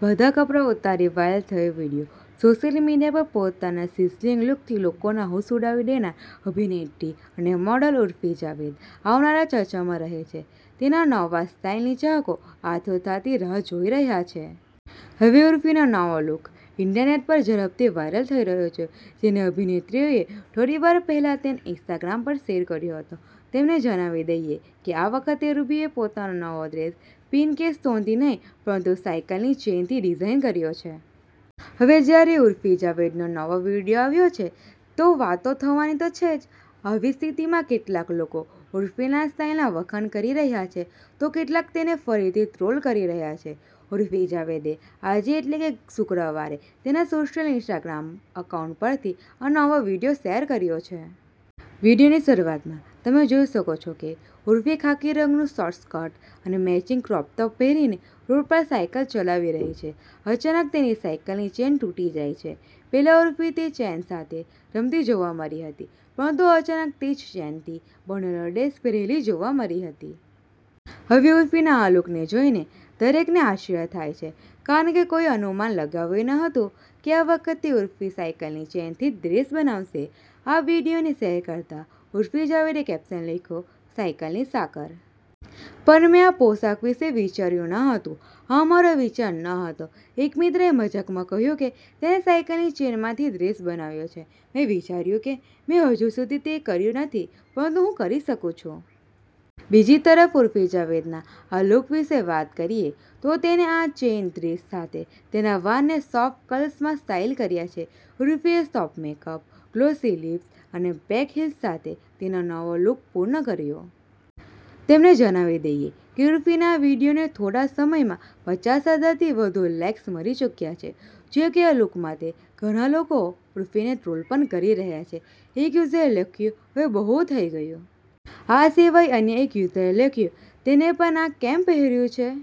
બધા કપડા ઉતારી વાયરલ થયો વિડીયો સોશિયલ મીડિયા પર પોતાના સિઝલિંગ લુકથી લોકોના હોશ ઉડાવી દેનાર અભિનેત્રી અને મોડલ ઉર્ફી જાવેદ અવારનવાર ચર્ચામાં રહે છે. તેના નવા સ્ટાઈલની ચાહકો આતુરતાથી રાહ જોઈ રહ્યા છે. હવે ઉર્ફીનો નવો લુક ઈન્ટરનેટ પર ઝડપથી વાયરલ થઈ રહ્યો છે, જેને અભિનેત્રીએ થોડીવાર પહેલા તેના ઈન્સ્ટાગ્રામ પર શેર કર્યો હતો. તમને જણાવી દઈએ કે આ વખતે ઉર્ફીએ પોતાનો નવો ડ્રેસ પીન કે સ્ટોનથી નહીં, પરંતુ સાઈકલ ચેઈનથી ડિઝાઈન કર્યો છે. હવે જ્યારે ઉર્ફી જાવેદનો નવો વિડિયો આવ્યો છે, તો વાતો તો થવાની તો જ છે. આવી સ્થિતિમાં, કેટલાક લોકો ઉર્ફીની સ્ટાઈલના વખાણ કરી રહ્યા છે તો કેટલાક તેને ફરીથી ટ્રોલ કરી રહ્યા છે. ઉર્ફી જાવેદે આજે એટલે કે શુક્રવારે તેના સોશિયલ ઈન્સ્ટાગ્રામ એકાઉન્ટ પરથી આ નવો વીડિયો શેર કર્યો છે. વીડિયોની શરૂઆતમાં, તમે જોઈ શકો છો કે ઉર્ફી ખાકી રંગનું શોર્ટ સ્કર્ટ અને મેચિંગ ક્રોપ ટોપ પહેરીને રોડ પર સાઈકલ ચલાવી રહી છે. અચાનક તેની સાયકલ ચેઈન તૂટી જાય છે. પહેલા ઉર્ફી તે ચેન સાથે રમતી જોવા મળી હતી, પરંતુ અચાનક તે જ ચેનથી બનેલો ડ્રેસ પહેરેલી જોવા મળી હતી. હવે ઉર્ફીના આ લુકને જોઈને દરેકને આસિર થાય છે કારણ કે કોઈએ અનુમાન લગાવ્યું ન હતું કે આ વખતે ઉર્ફી સાઈકલ ચેઈનથી જ ડ્રેસ બનાવશે. આ વીડિયોને શેર કરતાં ઉર્ફી જાવેદે કેપ્શન લખ્યું- સાયકલની સાંકળ! પણ મે આ પોશાક વિશે વિચાર્યું ન હતું. હા મારો વિચાર નહોતો. એક મિત્રએ મજાકમાં કહ્યું કે તે સાઈકલ ની ચેઈનમાંથી ડ્રેસ બનાવ્યો છે. મેં વિચાર્યું કે મેં હજી સુધી તે કર્યું નથી પરંતુ હું કરી શકું છું. બીજી તરફ, ઉર્ફી જાવેદના આ લુક વિશે વાત કરીએ તો, તેણે આ ચેઈન ડ્રેસ સાથે તેના વાળને સોફ્ટ કર્લ્સમાં સ્ટાઈલ કર્યા છે. ઉર્ફીએ સોફ્ટ મેકઅપ, ગ્લોસી લિપ્સ અને બ્લેક હીલ્સ સાથે તેનો નવો લુક પૂર્ણ કર્યો. તમને જણાવી દઈએ કે ઉર્ફીના આ વીડિયોને થોડા જ સમયમાં પચાસ હજારથી વધુ લાઈક્સ મળી ચૂક્યા છે. જો કે આ લુક માટે ઘણા લોકો ઉર્ફીને ટ્રોલ પણ કરી રહ્યા છે. એક યુઝરે લખ્યું, 'હવે બહુ થઈ ગયું'. આ સિવાય અન્ય એક યુઝરે લખ્યું, 'તેણે પણ આ કેમ પહેર્યું છે'.